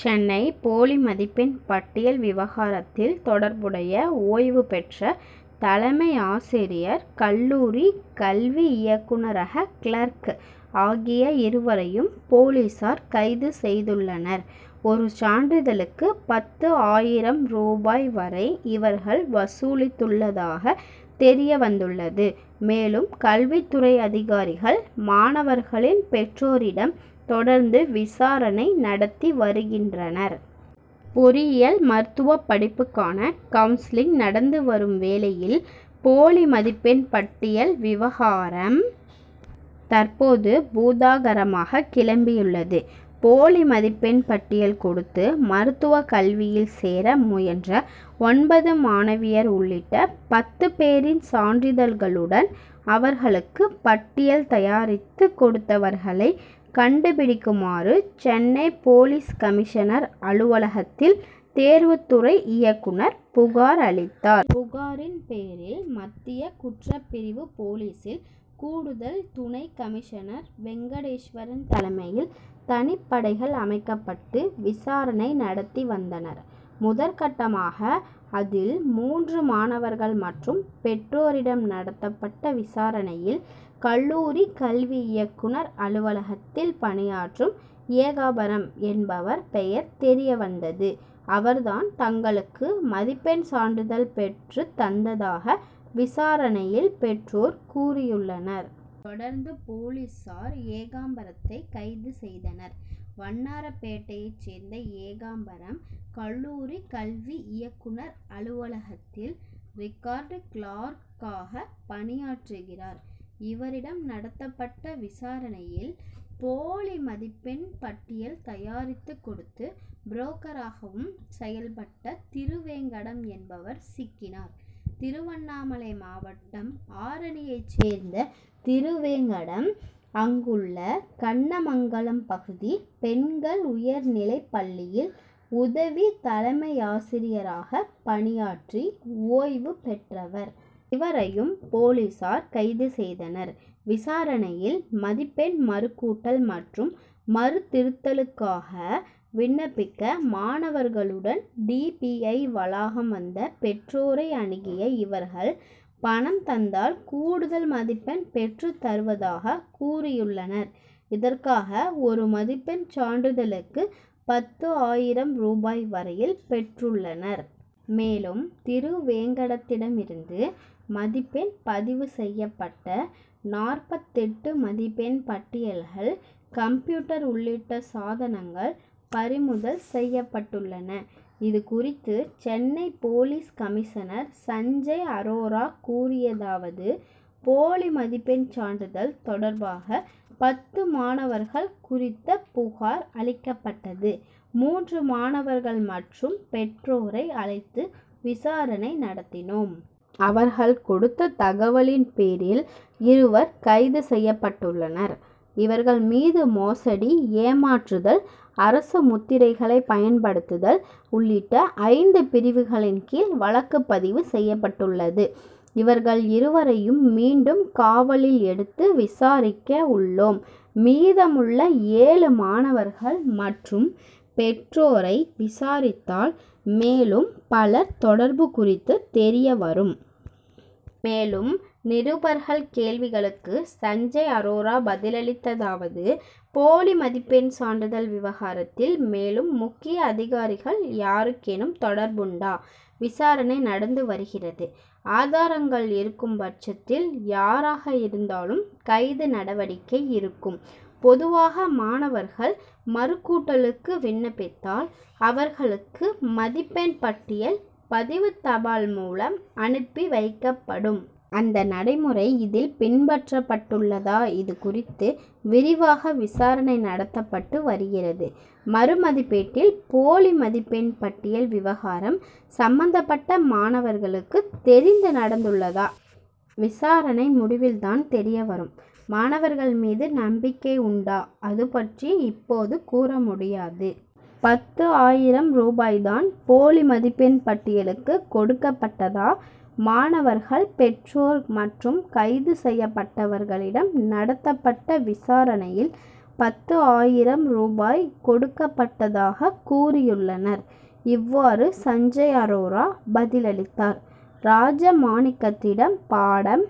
சென்னை போலி மதிப்பெண் பட்டியல் விவகாரத்தில் தொடர்புடைய ஓய்வு பெற்ற தலைமையாசிரியர், கல்லூரி கல்வி இயக்குனரக கிளார்க் ஆகிய இருவரையும் போலீசார் கைது செய்துள்ளனர். ஒரு சான்றிதழுக்கு பத்து ஆயிரம் ரூபாய் வரை இவர்கள் வசூலித்துள்ளதாகத் தெரிய வந்துள்ளது. மேலும், கல்வித்துறை அதிகாரிகள், மாணவர்களின் பெற்றோரிடம் தொடர்ந்து விசாரணை நடத்தி வருகின்றனர். பொறியியல் மற்றும் மருத்துவப் படிப்புக்கான கவுன்சிலிங் நடந்து வரும் வேளையில், போலி மதிப்பெண் பட்டியல் விவகாரம் தற்போது பூதாகரமாக கிளம்பியுள்ளது. போலி மதிப்பெண் பட்டியல் கொடுத்து, மருத்துவக் கல்வியில் சேர முயன்ற ஒன்பது மாணவியர் உள்ளிட்ட பத்து பேரின் சான்றிதழ்களுடன், அவர்களுக்கு பட்டியல் தயாரித்து கொடுத்தவர்களை கண்டுபிடிக்குமாறு, சென்னை போலீஸ் கமிஷனர் அலுவலகத்தில் தேர்வுத்துறை இயக்குனர் புகார் அளித்தார். புகாரின் பேரில், மத்திய குற்றப்பிரிவு போலீசில் கூடுதல் துணை கமிஷனர் வெங்கடேஸ்வரன் தலைமையில் தனிப்படைகள் அமைக்கப்பட்டு, விசாரணை நடத்தி வந்தனர். முதற்கட்டமாக அதில் மூன்று மாணவர்கள் மற்றும் பெற்றோரிடம் நடத்தப்பட்ட விசாரணையில், கல்லூரி கல்வி இயக்குனர் அலுவலகத்தில் பணியாற்றும் ஏகாம்பரம் என்பவர் பெயர் தெரியவந்தது. அவர் தான் தங்களுக்கு மதிப்பெண் சான்றிதழ் பெற்றுத் தந்ததாக விசாரணையில் பெற்றோர் கூறியுள்ளனர். தொடர்ந்து, போலீசார் ஏகாம்பரத்தை கைது செய்தனர். வண்ணாரப்பேட்டையை சேர்ந்த ஏகாம்பரம் கல்லூரி கல்வி இயக்குனர் அலுவலகத்தில், ரிக்கார்டு கிளார்க்காக பணியாற்றுகிறார். இவரிடம் நடத்தப்பட்ட விசாரணையில், போலி மதிப்பெண் பட்டியல் தயாரித்து கொடுத்து, புரோக்கராகவும் செயல்பட்ட திருவேங்கடம் என்பவர் சிக்கினார். திருவண்ணாமலை மாவட்டம், ஆரணியை சேர்ந்த திருவேங்கடம், அங்குள்ள கண்ணமங்கலம் பகுதி பெண்கள் உயர்நிலைப் பள்ளியில் உதவி தலைமையாசிரியராக பணியாற்றி ஓய்வு பெற்றவர். இவரையும், போலீசார் கைது செய்தனர். விசாரணையில், மதிப்பெண் மறுகூட்டல் மற்றும் மறு திருத்தலுக்காக விண்ணப்பிக்க மாணவர்களுடன் டி. பி. ஐ., வளாகம் வந்த பெற்றோரை அணுகிய இவர்கள், பணம் தந்தால் கூடுதல் மதிப்பெண் பெற்றுத் தருவதாக கூறியுள்ளனர். இதற்காக ஒரு மதிப்பெண் சான்றிதழுக்கு பத்து ஆயிரம் ரூபாய் வரையில் பெற்றுள்ளனர். மேலும், திருவேங்கடத்திடமிருந்து மதிப்பெண் பதிவு செய்யப்பட்ட நாற்பத்தெட்டு மதிப்பெண் பட்டியல்கள், கம்ப்யூட்டர் உள்ளிட்ட சாதனங்கள் பறிமுதல் செய்யப்பட்டுள்ளன. இதுகுறித்து சென்னை போலீஸ் கமிஷனர் சஞ்சய் அரோரா கூறியதாவது: போலி மதிப்பெண் சான்றிதழ் தொடர்பாக, பத்து மாணவர்கள் குறித்த புகார் அளிக்கப்பட்டது. மூன்று மாணவர்கள் மற்றும் பெற்றோரை அழைத்து விசாரணை நடத்தினோம். அவர்கள் கொடுத்த தகவலின் பேரில் இருவர் கைது செய்யப்பட்டுள்ளனர். இவர்கள் மீது மோசடி, ஏமாற்றுதல், அரசு முத்திரைகளை பயன்படுத்துதல் உள்ளிட்ட ஐந்து பிரிவுகளின் கீழ் வழக்குப் பதிவு செய்யப்பட்டுள்ளது. இவர்கள் இருவரையும் மீண்டும் காவலில் எடுத்து விசாரிக்க உள்ளோம். மீதமுள்ள ஏழு மாணவர்கள் மற்றும் பெற்றோரை விசாரித்தால் மேலும் பலர் தொடர்பு குறித்து தெரியவரும். மேலும், நிருபர்கள் கேள்விகளுக்கு சஞ்சய் அரோரா பதிலளித்ததாவது: போலி மதிப்பெண் சான்றிதல் விவகாரத்தில் மேலும் முக்கிய அதிகாரிகள் யாருக்கேனும் தொடர்புண்டா? விசாரணை நடந்து வருகிறது. ஆதாரங்கள் இருக்கும் பட்சத்தில் யாராக இருந்தாலும் கைது நடவடிக்கை இருக்கும். பொதுவாக மாணவர்கள் மறு கூட்டலுக்கு விண்ணப்பித்தால் அவர்களுக்கு மதிப்பெண் பட்டியல் பதிவுத் தபால் மூலம் அனுப்பி வைக்கப்படும். அந்த நடைமுறை இதில் பின்பற்றப்பட்டுள்ளதா? இதுகுறித்து விரிவாக விசாரணை நடத்தப்பட்டு வருகிறது. மறு மதிப்பீட்டில் போலி மதிப்பெண் பட்டியல் விவகாரம் சம்பந்தப்பட்ட மாணவர்களுக்கு தெரிந்து நடந்துள்ளதா? விசாரணை முடிவில் தான் தெரிய வரும். மாணவர்கள் மீது நம்பிக்கை உண்டா? அது பற்றி இப்போது கூற முடியாது. பத்து ஆயிரம் ரூபாய் தான் போலி மதிப்பெண் பட்டியலுக்கு கொடுக்கப்பட்டதா? மாணவர்கள், பெற்றோர் மற்றும் கைது செய்யப்பட்டவர்களிடம் நடத்தப்பட்ட விசாரணையில், பத்து ஆயிரம் ரூபாய் கொடுக்கப்பட்டதாக கூறியுள்ளனர். இவ்வாறு சஞ்சய் அரோரா பதிலளித்தார். ராஜமாணிக்கத்திடம் பாடம்